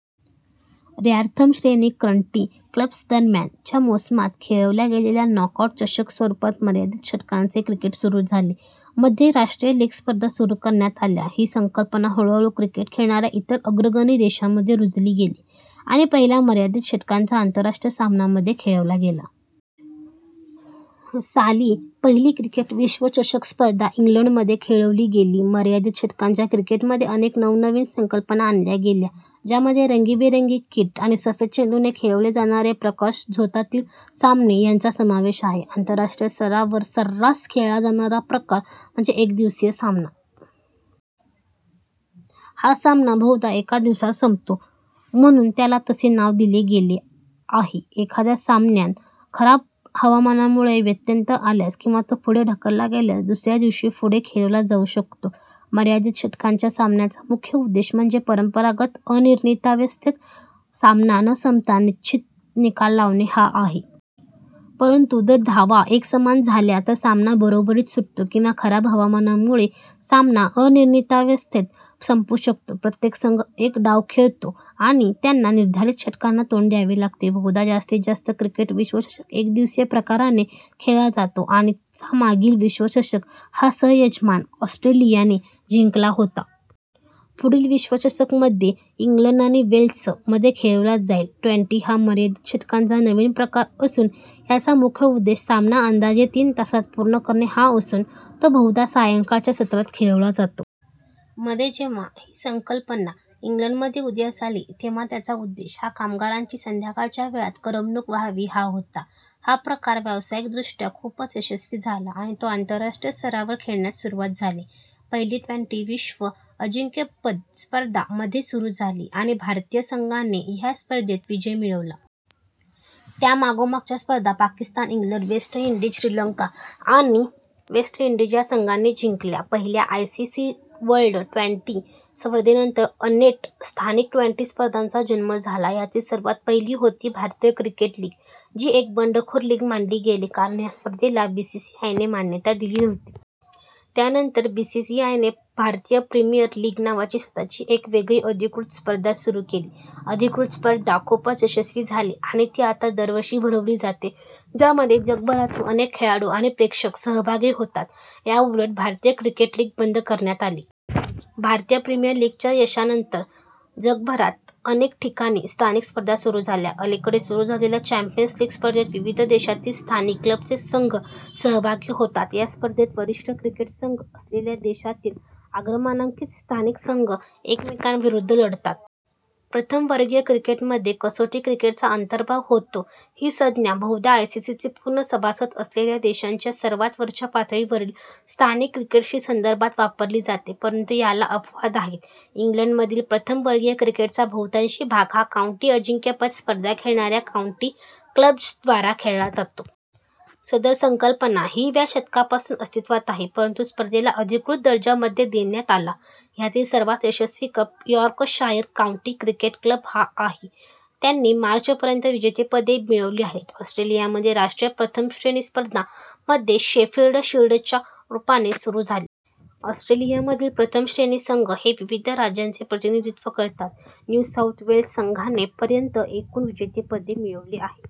ऱ्यारथम श्रेणी country clubs दरम्यान च्या मोसमात खेळवल्या गेलेल्या नॉकआऊट चषक स्वरूपात मर्यादित षटकांचे क्रिकेट सुरू झाले. मध्ये राष्ट्रीय लीग स्पर्धा सुरू करण्यात आल्या. ही संकल्पना हळूहळू क्रिकेट खेळणाऱ्या इतर अग्रगणी देशांमध्ये रुजली गेली आणि पहिला मर्यादित षटकांचा आंतरराष्ट्रीय सामना मध्ये खेळवला गेला. साली, पहिली क्रिकेट विश्वचषक स्पर्धा इंग्लंडमध्ये खेळवली गेली. मर्यादित षटकांच्या क्रिकेटमध्ये अनेक नवनवीन संकल्पना आणल्या गेल्या ज्यामध्ये रंगीबेरंगी किट आणि सफेद चेंडूने खेळवले जाणारे प्रकाशझोतातील सामने ह्यांचा समावेश आहे. आंतरराष्ट्रीय स्तरावर सर्रास खेळला जाणारा प्रकार म्हणजे "एकदिवसीय सामना". हा सामना बहुधा एका दिवसात संपतो म्हणून त्याला तसे नाव दिले गेले आहे. एखाद्या सामन्यान खराब हवामानामुळे व्यत्यय आल्यास किंवा तो पुढे ढकलला गेल्यास दुसऱ्या दिवशी पुढे खेळवला जावू शकतो. मर्यादित षटकांच्या सामन्याचा मुख्य उद्देश म्हणजे परंपरागत अनिर्णितावस्थेत सामना न संपता निश्चित निकाल लावणे हा आहे. परंतु जर धावा एकसमान झाल्या तर सामना बरोबरीत सुटतो किंवा खराब हवामानामुळे सामना अनिर्णितावस्थेत संपू शकतो. प्रत्येक संघ एक डाव खेळतो आणि त्यांना निर्धारित षटकांना तोंड द्यावे लागते, बहुधा जास्तीत जास्त. क्रिकेट विश्वचषक एकदिवसीय प्रकाराने खेळला जातो आणि चा मागील विश्वचषक हा सह-यजमान ऑस्ट्रेलियाने जिंकला होता. पुढील विश्वचषक मध्ये इंग्लंड आणि वेल्स मध्ये खेळवला जाईल. ट्वेंटी हा मर्यादित षटकांचा नवीन प्रकार असून ह्याचा मुख्य उद्देश सामना अंदाजे तीन तासात पूर्ण करणे हा असून, तो बहुधा सायंकाळच्या सत्रात खेळवला जातो. मध्ये जेव्हा ही संकल्पना इंग्लंडमध्ये उदयास आली तेव्हा त्याचा उद्देश हा कामगारांची संध्याकाळच्या वेळात करमणूक व्हावी हा होता. हा प्रकार व्यावसायिकदृष्ट्या खूपच यशस्वी झाला आणि तो आंतरराष्ट्रीय स्तरावर खेळण्यास सुरुवात झाली. पहिली ट्वेंटी विश्व अजिंक्यपद स्पर्धा मध्ये सुरू झाली आणि भारतीय संघाने ह्या स्पर्धेत विजय मिळवला. त्यामागोमागच्या स्पर्धा Pakistan, England, West Indies, Sri Lanka आणि वेस्ट इंडीज ह्या संघांनी जिंकल्या. पहिल्या I. C. C. World twenty स्पर्धेनंतर अनेट स्थानिक ट्वेंटी स्पर्धांचा जन्म झाला. ह्यातील सर्वात पहिली होती भारतीय क्रिकेट लीग जी एक बंडखोर लीग मानली गेली कारण ह्या स्पर्धेला बीसीसीआयने मान्यता दिली नव्हती. त्यानंतर बीसीसीआयने भारतीय प्रीमियर लीग नावाची स्वतःची एक वेगळी अधिकृत स्पर्धा सुरू केली. अधिकृत स्पर्धा खूपच यशस्वी झाली आणि ती आता दरवर्षी भरवली जाते. ज्यामध्ये जगभरातून अनेक खेळाडू आणि प्रेक्षक सहभागी होतात. याउलट भारतीय क्रिकेट लीग बंद करण्यात आली. भारतीय प्रीमियर लीगच्या यशानंतर जगभरात अनेक ठिकाणी स्थानिक स्पर्धा सुरू झाल्या. अलीकडे सुरू झालेल्या - चॅंपियन्स लीग स्पर्धेत विविध देशातील स्थानिक क्लबचे संघ सहभागी होतात. ह्या स्पर्धेत वरिष्ठ क्रिकेट संघ असलेल्या देशांतील अग्रमानांकीत स्थानिक संघ एकमेकांविरुद्ध लढतात. प्रथम वर्गीय क्रिकेटमध्ये कसोटी क्रिकेटचा अंतर्भाव होतो. ही संज्ञा बहुधा आयसीसीचे पूर्ण सभासद असलेल्या देशांच्या सर्वात वरच्या पातळीवरील स्थानिक क्रिकेटशी संदर्भात वापरली जाते, परंतु याला अपवाद आहेत. इंग्लंडमधील प्रथम वर्गीय क्रिकेटचा बहुतांशी भाग हा काउंटी अजिंक्यपद स्पर्धा खेळणाऱ्या काउंटी क्लब्जद्वारा खेळला जातो. सदर संकल्पना ही व्या शतकापासून अस्तित्वात आहे परंतु स्पर्धेला अधिकृत दर्जा मध्ये देण्यात आला. ह्यातील सर्वात यशस्वी club Yorkshire county cricket club हा आहे. त्यांनी मार्च पर्यंत विजेतेपदे मिळवली आहेत. ऑस्ट्रेलियामध्ये राष्ट्रीय प्रथम श्रेणी स्पर्धा - मध्ये शेफील्ड शील्डच्या रूपाने सुरू झाली. ऑस्ट्रेलियामधील प्रथम-श्रेणी संघ हे विविध राज्याचे प्रतिनिधित्व करतात. न्यू साउथ वेल्स संघाने पर्यंत एकूण विजेतेपदे मिळवली आहे.